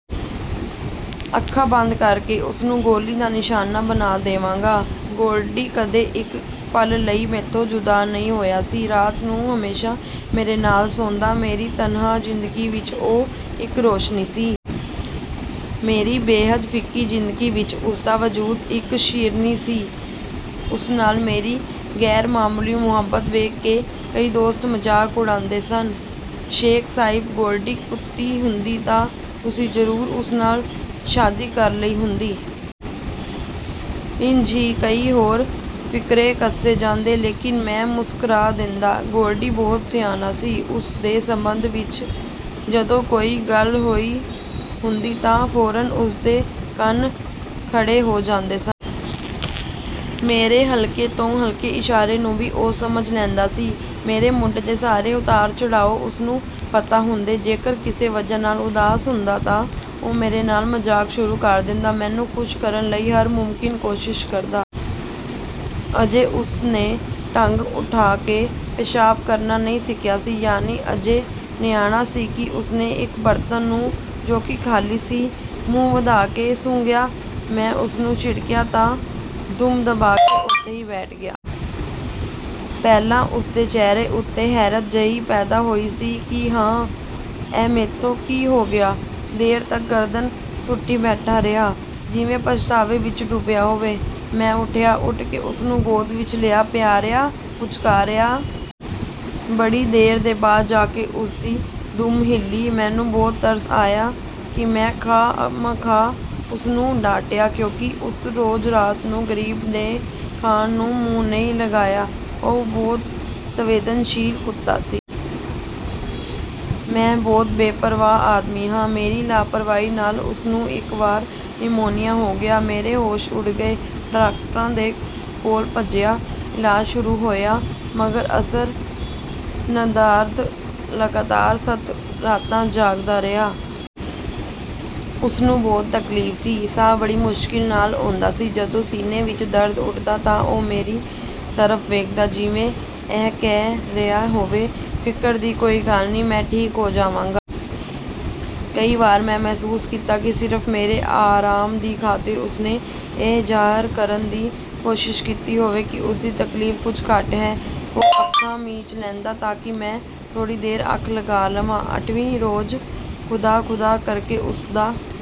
ਅੱਖਾਂ ਬੰਦ ਕਰਕੇ ਉਸਨੂੰ ਗੋਲੀ ਦਾ ਨਿਸ਼ਾਨਾ ਬਣਾ ਦੇਵਾਂਗਾ। ਗੋਲਡੀ ਕਦੇ ਇੱਕ ਪਲ ਲਈ ਮੈਥੋਂ ਜੁਦਾ ਨਹੀਂ ਹੋਇਆ ਸੀ। ਰਾਤ ਨੂੰ ਹਮੇਸ਼ਾ ਮੇਰੇ ਨਾਲ ਸੌਂਦਾ। ਮੇਰੀ ਤਨਹਾ ਜ਼ਿੰਦਗੀ ਵਿੱਚ ਉਹ ਇੱਕ ਰੋਸ਼ਨੀ ਸੀ। ਮੇਰੀ ਬੇਹੱਦ ਫਿੱਕੀ ਜ਼ਿੰਦਗੀ ਵਿੱਚ ਉਸਦਾ ਵਜੂਦ ਇੱਕ ਸ਼ੀਰਨੀ ਸੀ। ਉਸ ਨਾਲ ਮੇਰੀ ਗ਼ੈਰਮਾਮੂਲੀ ਮੁਹੱਬਤ ਵੇਖ ਕੇ ਕਈ ਦੋਸਤ ਮਜ਼ਾਕ ਉੜਾਂਦੇ ਸਨ। ਸ਼ੇਖ ਸਾਹਿਬ ਗੋਲਡੀ ਕੁੱਤੀ ਹੁੰਦੀ ਤਾਂ ਤੁਸੀਂ ਜ਼ਰੂਰ ਉਸ ਨਾਲ ਸ਼ਾਦੀ ਕਰ ਲਈ ਹੁੰਦੀ। ਇੰਜ ਹੀ ਕਈ ਹੋਰ ਫ਼ਿਕਰੇ ਕਸੇ ਜਾਂਦੇ, ਲੇਕਿਨ ਮੈਂ ਮੁਸਕਰਾ ਦਿੰਦਾ। ਗੋਲਡੀ ਬਹੁਤ ਸਿਆਣਾ ਸੀ। ਉਸ ਦੇ ਸੰਬੰਧ ਵਿੱਚ ਜਦੋਂ ਕੋਈ ਗੱਲ ਹੋਈ ਹੁੰਦੀ ਤਾਂ ਫ਼ੌਰਨ ਉਸ ਦੇ ਕੰਨ ਖੜੇ ਹੋ ਜਾਂਦੇ ਸਨ। ਮੇਰੇ ਹਲਕੇ ਤੋਂ ਹਲਕੇ ਇਸ਼ਾਰੇ ਨੂੰ ਵੀ ਉਹ ਸਮਝ ਲੈਂਦਾ ਸੀ। ਮੇਰੇ ਮੂਡ ਦੇ ਸਾਰੇ ਉਤਾਰ ਚੜ੍ਹਾਓ ਉਸਨੂੰ ਪਤਾ ਹੁੰਦੇ। ਜੇਕਰ ਕਿਸੇ ਵਜ੍ਹਾ ਨਾਲ ਉਦਾਸ ਹੁੰਦਾ ਤਾਂ ਉਹ ਮੇਰੇ ਨਾਲ ਮਜ਼ਾਕ ਸ਼ੁਰੂ ਕਰ ਦਿੰਦਾ, ਮੈਨੂੰ ਖ਼ੁਸ਼ ਕਰਨ ਲਈ ਹਰ ਮੁਮਕਿਨ ਕੋਸ਼ਿਸ਼ ਕਰਦਾ। ਅਜੇ ਉਸ ਨੇ ਟੰਗ ਉਠਾ ਕੇ ਪੇਸ਼ਾਬ ਕਰਨਾ ਨਹੀਂ ਸਿੱਖਿਆ ਸੀ, ਯਾਨੀ ਅਜੇ ਨਿਆਣਾ ਸੀ ਕਿ ਉਸ ਨੇ ਇੱਕ ਬਰਤਨ ਨੂੰ, ਜੋ ਕਿ ਖ਼ਾਲੀ ਸੀ, ਮੂੰਹ ਵਧਾ ਕੇ ਸੁੰਘਿਆ। ਮੈਂ ਉਸਨੂੰ ਝਿੜਕਿਆ ਤਾਂ ਦੁਮ ਦਬਾ ਕੇ ਉਥੇ ਹੀ ਬੈਠ ਗਿਆ। ਪਹਿਲਾਂ ਉਸ ਦੇ ਚਿਹਰੇ ਉੱਤੇ ਹੈਰਤ ਜਿਹੀ ਪੈਦਾ ਹੋਈ ਸੀ ਕਿ ਹਾਂ, ਇਹ ਮੈਥੋਂ ਕੀ ਹੋ ਗਿਆ। ਦੇਰ ਤੱਕ ਗਰਦਨ ਸੁੱਟੀ ਬੈਠਾ ਰਿਹਾ, ਜਿਵੇਂ ਪਛਤਾਵੇ ਵਿੱਚ ਡੁੱਬਿਆ ਹੋਵੇ। ਮੈਂ ਉੱਠਿਆ। ਉਠ ਕੇ ਉਸਨੂੰ ਗੋਦ ਵਿੱਚ ਲਿਆ, ਪਿਆਰਿਆ ਪੁਚਕਾਰਿਆ। ਬੜੀ ਦੇਰ ਦੇ ਬਾਅਦ ਜਾ ਕੇ ਉਸਦੀ ਦੁਮ ਹਿਲੀ। ਮੈਨੂੰ ਬਹੁਤ ਤਰਸ ਆਇਆ ਕਿ ਮੈਂ ਖ਼ਾਹ ਮਖ਼ਾਹ ਉਸਨੂੰ ਡਾਂਟਿਆ ਕਿਉਂਕਿ ਉਸ ਰੋਜ਼ ਰਾਤ ਨੂੰ ਗਰੀਬ ਨੇ ਖਾਣ ਨੂੰ ਮੂੰਹ ਨਹੀਂ ਲਗਾਇਆ। ਉਹ ਬਹੁਤ ਸੰਵੇਦਨਸ਼ੀਲ ਕੁੱਤਾ ਸੀ। ਮੈਂ ਬਹੁਤ ਬੇਪਰਵਾਹ ਆਦਮੀ ਹਾਂ। ਮੇਰੀ ਲਾਪਰਵਾਹੀ ਨਾਲ ਉਸ ਨੂੰ ਇੱਕ ਵਾਰ ਨਿਮੋਨੀਆ ਹੋ ਗਿਆ। ਮੇਰੇ ਹੋਸ਼ ਉੱਡ ਗਏ। ਡਾਕਟਰਾਂ ਦੇ ਕੋਲ ਭੱਜਿਆ। ਇਲਾਜ ਸ਼ੁਰੂ ਹੋਇਆ। ਮਗਰ ਅਸਰ ਨਦਾਰਦ। ਲਗਾਤਾਰ ਸੱਤ ਰਾਤਾਂ ਜਾਗਦਾ ਰਿਹਾ। ਉਸਨੂੰ ਬਹੁਤ ਤਕਲੀਫ਼ ਸੀ। ਸਾਹ ਬੜੀ ਮੁਸ਼ਕਲ ਨਾਲ ਆਉਂਦਾ ਸੀ। ਜਦੋਂ ਸੀਨੇ ਵਿੱਚ ਦਰਦ ਉੱਠਦਾ ਤਾਂ ਉਹ ਮੇਰੀ ਤਰਫ਼ ਵੇਖਦਾ, ਜਿਵੇਂ ਇਹ ਕਹਿ ਰਿਹਾ ਹੋਵੇ, ਫ਼ਿਕਰ ਦੀ ਕੋਈ ਗੱਲ ਨਹੀਂ, ਮੈਂ ਠੀਕ ਹੋ ਜਾਵਾਂਗਾ। ਕਈ ਵਾਰ ਮੈਂ ਮਹਿਸੂਸ ਕੀਤਾ ਕਿ ਸਿਰਫ ਮੇਰੇ ਆਰਾਮ ਦੀ ਖ਼ਾਤਰ ਉਸ ਨੇ ਇਹ ਜ਼ਾਹਰ ਕਰਨ ਦੀ ਕੋਸ਼ਿਸ਼ ਕੀਤੀ ਹੋਵੇ ਕਿ ਉਸਦੀ ਤਕਲੀਫ ਕੁੱਝ ਘੱਟ ਹੈ। ਉਹ ਅੱਖਾਂ ਮੀਚ ਲੈਂਦਾ, ਤਾਂਕਿ ਮੈਂ ਥੋੜ੍ਹੀ ਦੇਰ ਅੱਖ ਲਗਾ ਲਵਾਂ। ਅਠਵੀਂ ਰੋਜ਼ ਖ਼ੁਦਾ ਖ਼ੁਦਾ ਕਰਕੇ ਉਸ ਦਾ